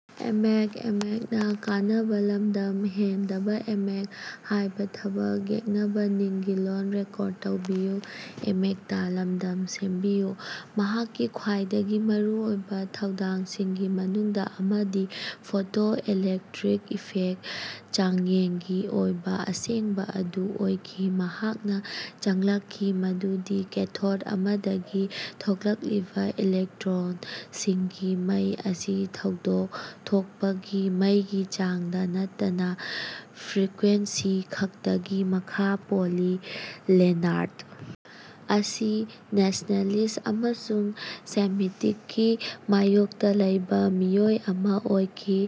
ꯃꯍꯥꯛꯀꯤ ꯈ꯭ꯋꯥꯏꯗꯒꯤ ꯃꯔꯨꯑꯣꯏꯕ ꯊꯧꯗꯥꯡꯁꯤꯡꯒꯤ ꯃꯅꯨꯡꯗ ꯑꯃꯗꯤ ꯐꯣꯇꯣ ꯏꯂꯦꯛꯇ꯭ꯔꯤꯛ ꯏꯐꯦꯛ ꯆꯥꯡꯌꯦꯡꯒꯤ ꯑꯣꯏꯕ ꯑꯁꯦꯡꯕ ꯑꯗꯨ ꯑꯣꯏꯈꯤ꯫ ꯃꯍꯥꯛꯅ ꯈꯪꯂꯛꯈꯤ ꯃꯗꯨꯗꯤ ꯀꯦꯊꯣꯗ ꯑꯃꯗꯒꯤ ꯊꯣꯛꯂꯛꯂꯤꯕ ꯏꯂꯦꯛꯇ꯭ꯔꯣꯟꯁꯤꯡꯒꯤ ꯃꯩ ꯑꯁꯤ ꯊꯧꯗꯣꯛ ꯊꯣꯛꯄꯒꯤ ꯃꯩꯒꯤ ꯆꯥꯡꯗ ꯅꯠꯇꯅ ꯐ꯭ꯔꯤꯀ꯭ꯋꯦꯟꯁꯤ ꯈꯛꯇꯒꯤ ꯃꯈꯥ ꯄꯣꯜꯂꯤ꯫ ꯂꯦꯅꯥꯔ꯭ꯗ ꯑꯁꯤ ꯅꯦꯁꯅꯦꯂꯤꯁ ꯑꯃꯁꯨꯡ ꯁꯦꯃꯤꯇꯤꯛꯀꯤ ꯃꯥꯌꯣꯛꯇ ꯂꯩꯕ ꯃꯤꯑꯣꯏ ꯑꯃꯥ ꯑꯣꯏꯈꯤ꯫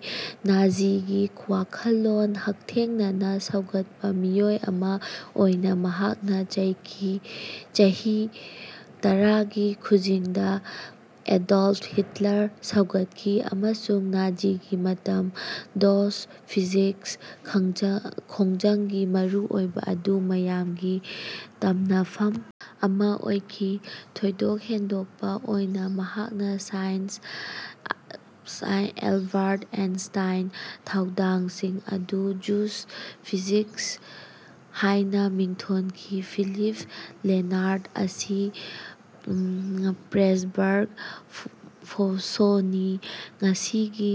ꯅꯥꯖꯤꯒꯤ ꯋꯥꯈꯜꯂꯣꯟ ꯍꯛꯊꯦꯡꯅꯅ ꯁꯧꯒꯠꯄ ꯃꯤꯑꯣꯏ ꯑꯃꯥ ꯑꯣꯏꯅ, ꯃꯍꯥꯛꯅ ꯆꯩꯍꯤ ꯇꯔꯥꯒꯤ ꯈꯨꯖꯤꯡꯗ ꯑꯦꯗꯣꯜꯐ ꯍꯤꯠꯂꯔ ꯁꯧꯒꯠꯈꯤ ꯑꯃꯁꯨꯡ ꯅꯥꯖꯤꯒꯤ ꯃꯇꯝ "ꯗꯣꯏꯆ ꯐꯤꯖꯤꯛ" ꯈꯣꯡꯖꯪꯒꯤ ꯃꯔꯨꯑꯣꯏꯕ ꯑꯗꯨ ꯃꯌꯥꯝꯒꯤ ꯇꯝꯅꯐꯝ ꯑꯃꯥ ꯑꯣꯏꯈꯤ꯫ ꯊꯣꯏꯗꯣꯛꯍꯦꯟꯗꯣꯛꯄ ꯑꯣꯏꯅ ꯃꯍꯥꯛꯅ ꯁꯥꯏꯟꯁ ꯑꯦꯜꯕꯥꯔꯠ ꯑꯥꯏꯟꯁꯇꯥꯏꯟꯒꯤ ꯊꯧꯗꯥꯡꯁꯤꯡ ꯑꯗꯨ "ꯖꯨꯏꯁ ꯐꯤꯖꯤꯛꯁ" ꯍꯥꯏꯅ ꯃꯤꯡꯊꯣꯟꯈꯤ꯫ ꯐꯤꯂꯤꯞ ꯂꯦꯅꯥꯔ꯭ꯗ ꯑꯁꯤ ꯄ꯭ꯔꯦꯁꯕꯔ꯭ꯒ ꯄꯣꯖꯁꯣꯅꯤ, ꯉꯁꯤꯒꯤ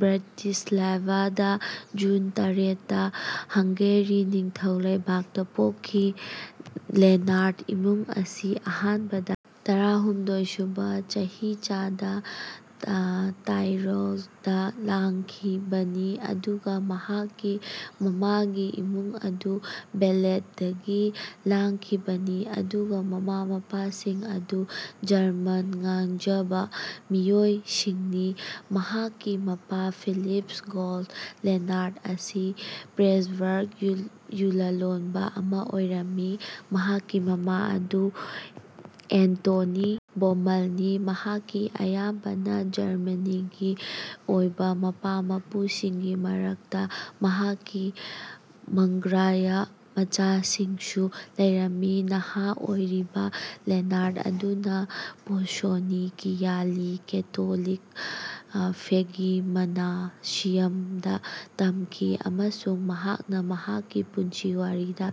ꯕ꯭ꯔꯥꯇꯤꯁꯂꯥꯚꯥ ꯗ ꯖꯨꯟ ꯇꯔꯦꯠ ꯇ ꯍꯪꯒꯦꯔꯤ ꯅꯤꯡꯊꯧ ꯂꯩꯕꯥꯛꯇ ꯄꯣꯛꯈꯤ꯫ ꯂꯦꯅꯥꯔ꯭ꯗ ꯏꯃꯨꯡ ꯑꯁꯤ ꯑꯍꯥꯟꯕꯗ ꯇꯔꯥꯍꯨꯝꯗꯣꯢ ꯁꯨꯕ ꯆꯩꯍꯤꯆꯥꯗ ꯇꯥꯏꯔꯣꯜ ꯗ ꯂꯥꯛꯈꯤꯕꯅꯤ ꯑꯗꯨꯒ ꯃꯍꯥꯛꯀꯤ ꯃꯃꯥꯒꯤ ꯏꯃꯨꯡ ꯑꯗꯨ ꯕꯦꯗꯦꯟꯗꯒꯤ ꯂꯥꯛꯈꯤꯕꯅꯤ ꯑꯗꯨꯒ ꯃꯃꯥ-ꯃꯄꯥꯁꯤꯡ ꯑꯗꯨ ꯖꯔꯃꯟ ꯉꯥꯡꯖꯕ ꯃꯤꯑꯣꯏꯁꯤꯡꯅꯤ꯫ ꯃꯍꯥꯛꯀꯤ ꯃꯄꯥ ꯐꯤꯂꯤꯞ ꯚꯣꯟ ꯂꯦꯅꯥꯔ꯭ꯗ ꯑꯁꯤ ꯄ꯭ꯔꯦꯁꯕꯔ꯭ꯒ ꯌꯨ-ꯂꯂꯣꯟꯕ ꯑꯃ ꯑꯣꯏꯔꯝꯃꯤ꯫ ꯃꯍꯥꯛꯀꯤ ꯃꯃꯥ ꯑꯗꯨ ꯑꯦꯟꯇꯣꯅꯤ ꯕꯣꯃꯟ ꯅꯤ꯫ ꯃꯍꯥꯛꯀꯤ ꯑꯌꯥꯝꯕꯅ ꯖꯔꯃꯅꯤꯛꯀꯤ ꯑꯣꯏꯕ ꯃꯄꯥ-ꯃꯄꯨꯁꯤꯡꯒꯤ ꯃꯔꯛꯇ ꯃꯍꯥꯛꯀꯤ ꯃꯒ꯭ꯌꯥꯔ ꯃꯆꯥꯁꯤꯡꯁꯨ ꯂꯩꯔꯝꯃꯤ꯫ ꯅꯍꯥ ꯑꯣꯏꯔꯤꯕ ꯂꯦꯅꯥꯔ꯭ꯗ ꯑꯗꯨꯅ ꯄꯣꯖꯁꯣꯅꯤ ꯀꯤꯔꯥꯂꯤ ꯀꯦꯇꯣꯂꯤꯛꯁ ꯐꯦꯒꯤꯃꯅꯥꯁꯤꯌꯝ ꯗ ꯇꯝꯈꯤ ꯑꯃꯁꯨꯡ ꯃꯍꯥꯛꯅ ꯃꯍꯥꯛꯀꯤ ꯄꯨꯟꯁꯤ ꯋꯥꯔꯤꯗ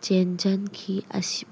ꯆꯦꯟꯖꯟꯈꯤ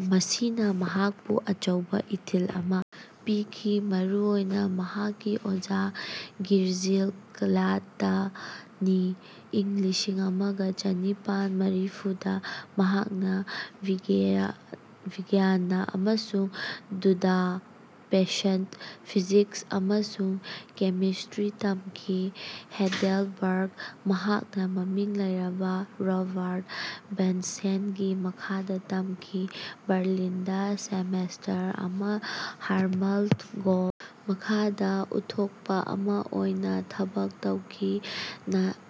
ꯃꯁꯤꯅ ꯃꯍꯥꯛꯄꯨ ꯑꯆꯧꯕ ꯏꯊꯤꯜ ꯑꯃꯥ ꯄꯤꯈꯤ ꯃꯔꯨꯑꯣꯏꯅ ꯃꯍꯥꯛꯀꯤ ꯑꯣꯖꯥ ꯚꯤꯔꯖꯤꯜ ꯀ꯭ꯂꯥꯠꯇ ꯅꯤ꯫ ꯏꯪ ꯂꯤꯁꯤꯡ ꯑꯃꯒ ꯆꯥꯅꯤꯄꯥꯟ ꯃꯔꯤꯐꯨꯗ ꯃꯍꯥꯛꯅ ꯚꯤꯌꯦꯅꯥ ꯑꯃꯁꯨꯡ ꯕꯨꯗꯥꯄꯦꯁꯠ ꯐꯤꯖꯤꯛꯁ ꯑꯃꯁꯨꯡ ꯀꯦꯃꯤꯁꯇ꯭ꯔꯤ ꯇꯝꯈꯤ꯫ ꯍꯦꯗꯦꯜꯕꯔ꯭ꯒ ꯃꯍꯥꯛꯅ ꯃꯃꯤꯡ ꯂꯩꯔꯕ ꯔꯣꯕꯥꯔꯠ ꯕꯟꯁꯦꯟꯒꯤ ꯃꯈꯥꯗ ꯇꯝꯈꯤ꯫ ꯕꯔꯂꯤꯟꯗ ꯁꯦꯃꯦꯁꯇꯔ ꯑꯃꯥ ꯍꯔꯃꯟ ꯚꯣꯟ ꯃꯈꯥꯗ ꯎꯠꯊꯣꯛꯄ ꯑꯃ ꯑꯣꯏꯅ ꯊꯕꯛ ꯇꯧꯈꯤ꯫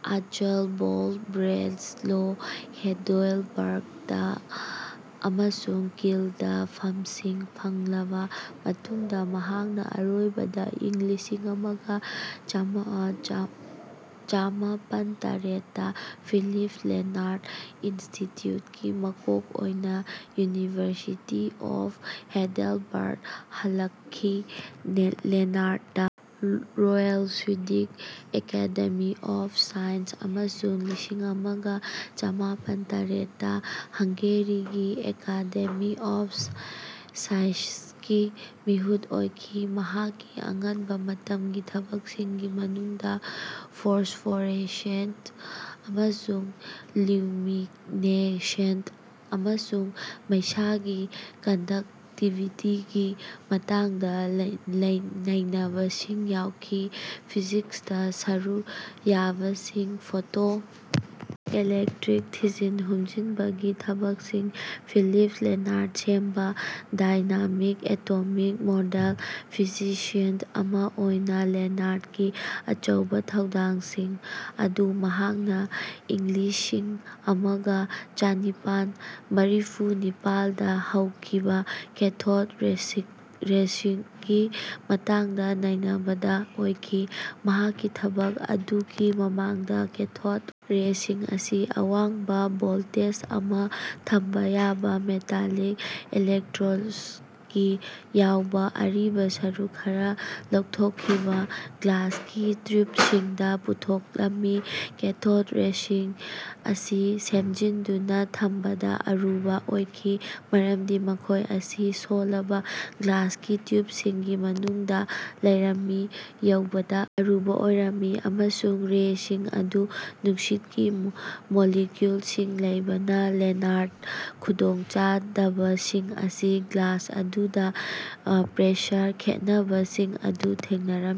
ꯑꯥꯆꯦꯟ, ꯕꯣꯟ, ꯕ꯭ꯔꯦꯁꯂꯣ, ꯍꯦꯗꯦꯜꯕꯔ꯭ꯒ, ꯑꯃꯁꯨꯡ ꯀꯤꯜ ꯗ ꯐꯝꯁꯤꯡ ꯐꯪꯂꯕ ꯃꯇꯨꯡꯗ, ꯃꯍꯥꯛꯅ ꯑꯔꯣꯏꯕꯗ ꯏꯪ ꯂꯤꯁꯤꯡꯑꯃꯒ ꯆꯥꯃꯄꯟꯇꯔꯦꯠ ꯗ ꯐꯤꯂꯤꯞ ꯂꯦꯅꯥꯔ꯭ꯗ ꯏꯟꯁꯇꯤꯇ꯭ꯌꯨꯠꯀꯤ ꯃꯀꯣꯛ ꯑꯣꯏꯅ ꯌꯨꯅꯤꯚꯔꯁꯤꯇꯤ ꯑꯣꯐ ꯍꯦꯗꯦꯜꯕꯔꯗ ꯍꯜꯂꯛꯈꯤ꯫ Lenard the Royal Swedish Academy of Sciences ꯑꯃꯁꯨꯡ ꯂꯤꯁꯤꯡꯑꯃꯒ ꯆꯥꯃꯄꯟꯇꯔꯦꯠ ꯗ ꯍꯪꯒꯦꯔꯤꯒꯤ ꯑꯦꯀꯥꯗꯦꯃꯤ ꯑꯣꯐ ꯁꯥꯏꯁꯦꯟꯁꯀꯤ ꯃꯤꯍꯨꯠ ꯑꯣꯏꯈꯤ꯫ ꯃꯍꯥꯛꯀꯤ ꯑꯉꯟꯕ ꯃꯇꯝꯒꯤ ꯊꯕꯛꯁꯤꯡꯒꯤ ꯃꯅꯨꯡꯗ ꯐꯣꯁꯐꯣꯔꯦꯁꯦꯟꯁ ꯑꯃꯁꯨꯡ ꯂꯤꯎꯃꯤꯅꯦꯁꯦꯟꯁ ꯑꯃꯁꯨꯡ ꯃꯩꯁꯥꯒꯤ ꯀꯟꯗꯛꯇꯤꯚꯤꯇꯤꯒꯤ ꯃꯇꯥꯡꯗ ꯅꯩꯅꯕꯁꯤꯡ ꯌꯥꯎꯈꯤ꯫ ꯐꯤꯖꯤꯛꯁꯇ ꯁꯔꯨꯛ ꯌꯥꯕꯁꯤꯡ ꯐꯣꯇꯣ ꯏꯂꯦꯛꯇ꯭ꯔꯤꯛ ꯊꯤꯖꯤꯟ-ꯍꯨꯝꯖꯤꯟꯕꯒꯤ ꯊꯕꯛꯁꯤꯡ ꯐꯤꯂꯤꯞ ꯂꯦꯅꯥꯔ꯭ꯗꯅ ꯁꯦꯝꯕ ꯗꯥꯏꯅꯥꯃꯤꯛ ꯑꯦꯇꯣꯃꯤꯛ ꯃꯣꯗꯦꯜ ꯐꯤꯖꯤꯁꯤꯁꯠ ꯑꯃꯥ ꯑꯣꯏꯅ ꯂꯦꯅꯥꯔ꯭ꯗꯀꯤ ꯑꯆꯧꯕ ꯊꯧꯗꯥꯡꯁꯤꯡ ꯑꯗꯨ ꯃꯍꯥꯛꯅ ꯏꯪꯂꯤꯁꯤꯡꯑꯃꯒ ꯆꯥꯅꯤꯄꯥꯟ ꯃꯔꯤꯐꯨ ꯅꯤꯄꯥꯟ ꯗ ꯍꯧꯈꯤꯕ ꯀꯦꯊꯣꯗ ꯔꯦꯁꯤꯡꯒꯤ ꯃꯇꯥꯡꯗ ꯅꯩꯅꯕꯗ ꯑꯣꯏꯈꯤ꯫ ꯃꯍꯥꯛꯀꯤ ꯊꯕꯛ ꯑꯗꯨꯒꯤ ꯃꯃꯥꯡꯗ ꯀꯦꯊꯣꯗ ꯔꯦꯁꯤꯡ ꯑꯁꯤ ꯑꯋꯥꯡꯕ ꯚꯣꯜꯇꯦꯖ ꯑꯃ ꯊꯝꯕ ꯌꯥꯕ ꯃꯦꯇꯥꯂꯤꯛ ꯏꯂꯦꯛꯇ꯭ꯔꯣꯗꯁꯤꯡ ꯌꯥꯎꯕ ꯑꯔꯤꯕ, ꯁꯔꯨꯛ ꯈꯔ ꯂꯧꯊꯣꯛꯈꯤꯕ ꯒ꯭ꯂꯥꯁꯀꯤ ꯇ꯭ꯌꯨꯞꯁꯤꯡꯗ ꯄꯨꯊꯣꯛꯂꯝꯃꯤ꯫ ꯀꯦꯊꯣꯗ ꯔꯦꯁꯤꯡ ꯑꯁꯤ ꯁꯦꯝꯖꯤꯟꯗꯨꯅ ꯊꯝꯕꯗ ꯑꯔꯨꯕ ꯑꯣꯏꯈꯤ ꯃꯔꯝꯗꯤ ꯃꯈꯣꯏ ꯑꯁꯤ ꯁꯣꯜꯂꯕ ꯒ꯭ꯂꯥꯁꯀꯤ ꯇ꯭ꯌꯨꯞꯁꯤꯡꯒꯤ ꯃꯅꯨꯡꯗ ꯂꯩꯔꯝꯃꯤ, ꯌꯧꯕꯗ ꯑꯔꯨꯕ ꯑꯣꯏꯔꯝꯃꯤ ꯑꯃꯁꯨꯡ ꯔꯦꯁꯤꯡ ꯑꯗꯨ ꯅꯨꯡꯁꯤꯠꯀꯤ ꯃꯣꯂꯤꯀꯨꯜꯁꯤꯡ ꯂꯩꯕꯅ ꯂꯦꯅꯥꯔ꯭ꯗꯅ ꯈꯨꯗꯣꯡꯆꯥꯗꯕꯁꯤꯡ ꯑꯁꯤ ꯒ꯭ꯂꯥꯁ ꯑꯗꯨꯗ ꯄ꯭ꯔꯦꯁꯔ ꯈꯦꯠꯅꯕꯁꯤꯡ ꯑꯗꯨ ꯊꯦꯡꯅꯔꯝꯃꯤ꯫